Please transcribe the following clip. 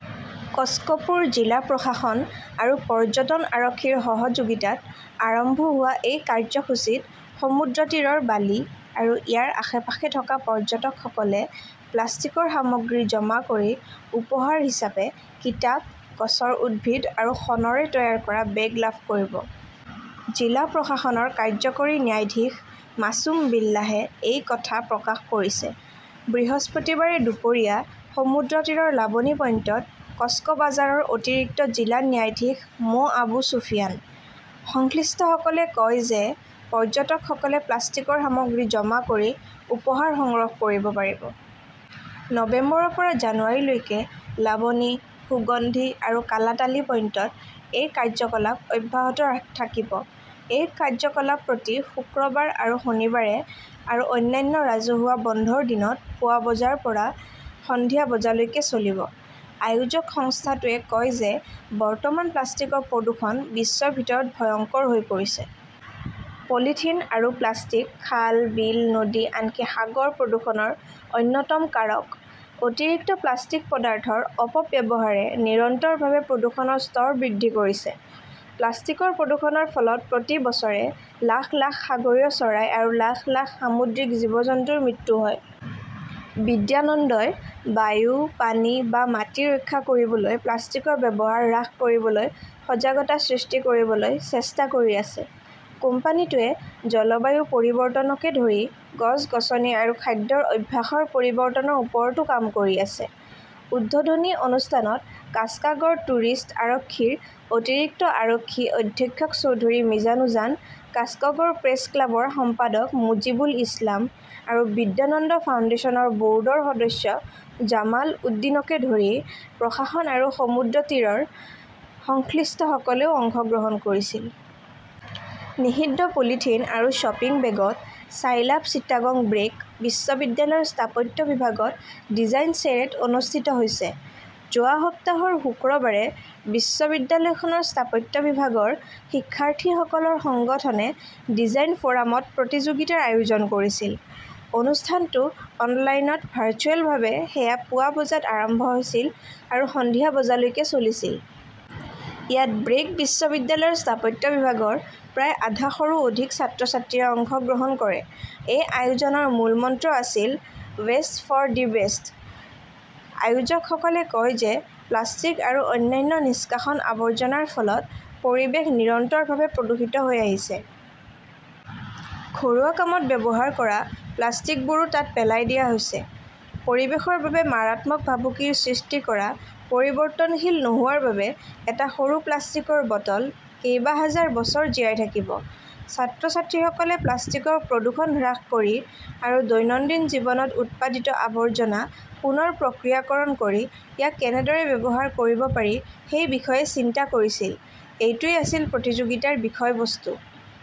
কক্সপুৰ জিলা প্ৰশাসন আৰু পৰ্যটন আৰক্ষীৰ সহযোগিতাত আৰম্ভ হোৱা এই কাৰ্যসূচীত সমুদ্ৰতীৰৰ বালি আৰু ইয়াৰ আশে-পাশে থকা পৰ্যটকসকলে প্লাষ্টিকৰ সামগ্ৰী জমা কৰি উপহাৰ হিচাপে কিতাপ, গছৰ উদ্ভিদ আৰু শণৰে তৈয়াৰ কৰা বেগ লাভ কৰিব। জিলা প্ৰশাসনৰ কাৰ্য্যকৰী ন্যায়াধীশ মাছুম বিল্লাহে এই কথা প্ৰকাশ কৰিছে। বৃহস্পতিবাৰে দুপৰীয়া সমুদ্ৰতীৰৰ লাবনী পইণ্টত কক্সবাজাৰৰ অতিৰিক্ত জিলা ন্যায়াধীশ মো. আবু চুফিয়ান। সংশ্লিষ্টসকলে কয় যে, পৰ্যটকসকলে প্লাষ্টিকৰ সামগ্ৰী জমা কৰি উপহাৰ সংগ্ৰহ কৰিব পাৰিব। নৱেম্বৰৰ পৰা জানুৱাৰী লৈকে লাবনী, সুগন্ধি আৰু কালাতালী পইণ্টত এই কাৰ্যকলাপ অব্যাহত থাকিব। এই কাৰ্যকলাপ প্ৰতি শুক্ৰবাৰ আৰু শনিবাৰে আৰু অন্যান্য ৰাজহুৱা বন্ধৰ দিনত পুৱা বজাৰ পৰা সন্ধিয়া বজালৈকে চলিব। আয়োজক সংস্থাটোৱে কয় যে, বৰ্তমান প্লাষ্টিকৰ প্ৰদূষণ বিশ্বৰ ভিতৰত ভয়ংকৰ হৈ পৰিছে। পলিথিন আৰু প্লাষ্টিক খাল, বিল, নদী, আনকি সাগৰ প্ৰদূষণৰ অন্যতম কাৰক। অতিৰিক্ত প্লাষ্টিক পদাৰ্থৰ অপব্যৱহাৰে নিৰন্তৰভাৱে প্ৰদূষণৰ স্তৰ বৃদ্ধি কৰিছে। প্লাষ্টিকৰ প্ৰদূষণৰ ফলত প্ৰতি বছৰে লাখ লাখ সাগৰীয় চৰাই আৰু লাখ লাখ সামুদ্ৰিক জীৱ-জন্তুৰ মৃত্যু হয়। বিদ্যানন্দই বায়ু, পানী বা মাটি ৰক্ষা কৰিবলৈ প্লাষ্টিকৰ ব্যৱহাৰ হ্ৰাস কৰিবলৈ সজাগতা সৃষ্টি কৰিবলৈ চেষ্টা কৰি আছে। কোম্পানীটোৱে জলবায়ু পৰিৱৰ্তনকে ধৰি গছ-গছনি আৰু খাদ্যৰ অভ্যাসৰ পৰিৱৰ্তনৰ ওপৰতো কাম কৰি আছে। উদ্বোধনী অনুষ্ঠানত কাক্সাগৰ টুৰিষ্ট আৰক্ষীৰ অতিৰিক্ত আৰক্ষী অধীক্ষক চৌধুৰী মিজানুজান, কাক্সাগৰ প্ৰেছ ক্লাবৰ সম্পাদক মুজীবুল ইছলাম আৰু বিদ্যানন্দ ফাউণ্ডেশ্যনৰ ব'ৰ্ডৰ সদস্য জামাল উদ্দীনকে ধৰি প্ৰশাসন আৰু সমুদ্ৰতীৰৰ সংশ্লিষ্টসকলেও অংশগ্ৰহণ কৰিছিল। নিষিদ্ধ পলিথিন আৰু শ্বপিং বেগত ছাইল্যাব চিটাগং ব্ৰেক বিশ্ববিদ্যালয়ৰ স্থাপত্য বিভাগত 'ডিজাইন শ্বেৰেট' অনুষ্ঠিত হৈছে। যোৱা সপ্তাহৰ শুক্ৰবাৰে বিশ্ববিদ্যালয়খনৰ স্থাপত্য বিভাগৰ শিক্ষাৰ্থীসকলৰ সংগঠনে 'ডিজাইন ফ'ৰাম'ত প্ৰতিযোগিতাৰ আয়োজন কৰিছিল। অনুষ্ঠানটো অনলাইনত ভাৰ্চুৱেলভাৱে সেইদিনা পুৱা বজাত আৰম্ভ হৈছিল আৰু সন্ধিয়া বজালৈকে চলিছিল। ইয়াত ব্ৰেক বিশ্ববিদ্যালয়ৰ স্থাপত্য বিভাগৰ প্ৰায় আধা শৰো অধিক ছাত্ৰ-ছাত্ৰীয়ে অংশগ্ৰহণ কৰে। এই আয়োজনৰ মূলমন্ত্ৰ আছিল 'ৱেষ্ট ফৰ দ্য বেষ্ট'। আয়োজকসকলে কয় যে প্লাষ্টিক আৰু অন্যান্য নিষ্কাশন আৱৰ্জনাৰ ফলত পৰিৱেশ নিৰন্তৰভাৱে প্ৰদূষিত হৈ আহিছে। ঘৰুৱা কামত ব্যৱহাৰ কৰা প্লাষ্টিকবোৰো তাত পেলাই দিয়া হৈছে। পৰিৱেশৰ বাবে মাৰাত্মক ভাবুকিৰ সৃষ্টি কৰা পৰিৱৰ্তনশীল নোহোৱাৰ বাবে এটা সৰু প্লাষ্টিকৰ বটল কেইবাহাজাৰ বছৰ জীয়াই থাকিব। ছাত্ৰ-ছাত্ৰীসকলে প্লাষ্টিকৰ প্ৰদূষণ হ্ৰাস কৰি আৰু দৈনন্দিন জীৱনত উৎপাদিত আৱৰ্জনা পুনৰ প্ৰক্ৰিয়াকৰণ কৰি ইয়াক কেনেদৰে ব্যৱহাৰ কৰিব পাৰি সেই বিষয়ে চিন্তা কৰিছিল। এইটোৱেই আছিল প্ৰতিযোগিতাৰ বিষয়বস্তু।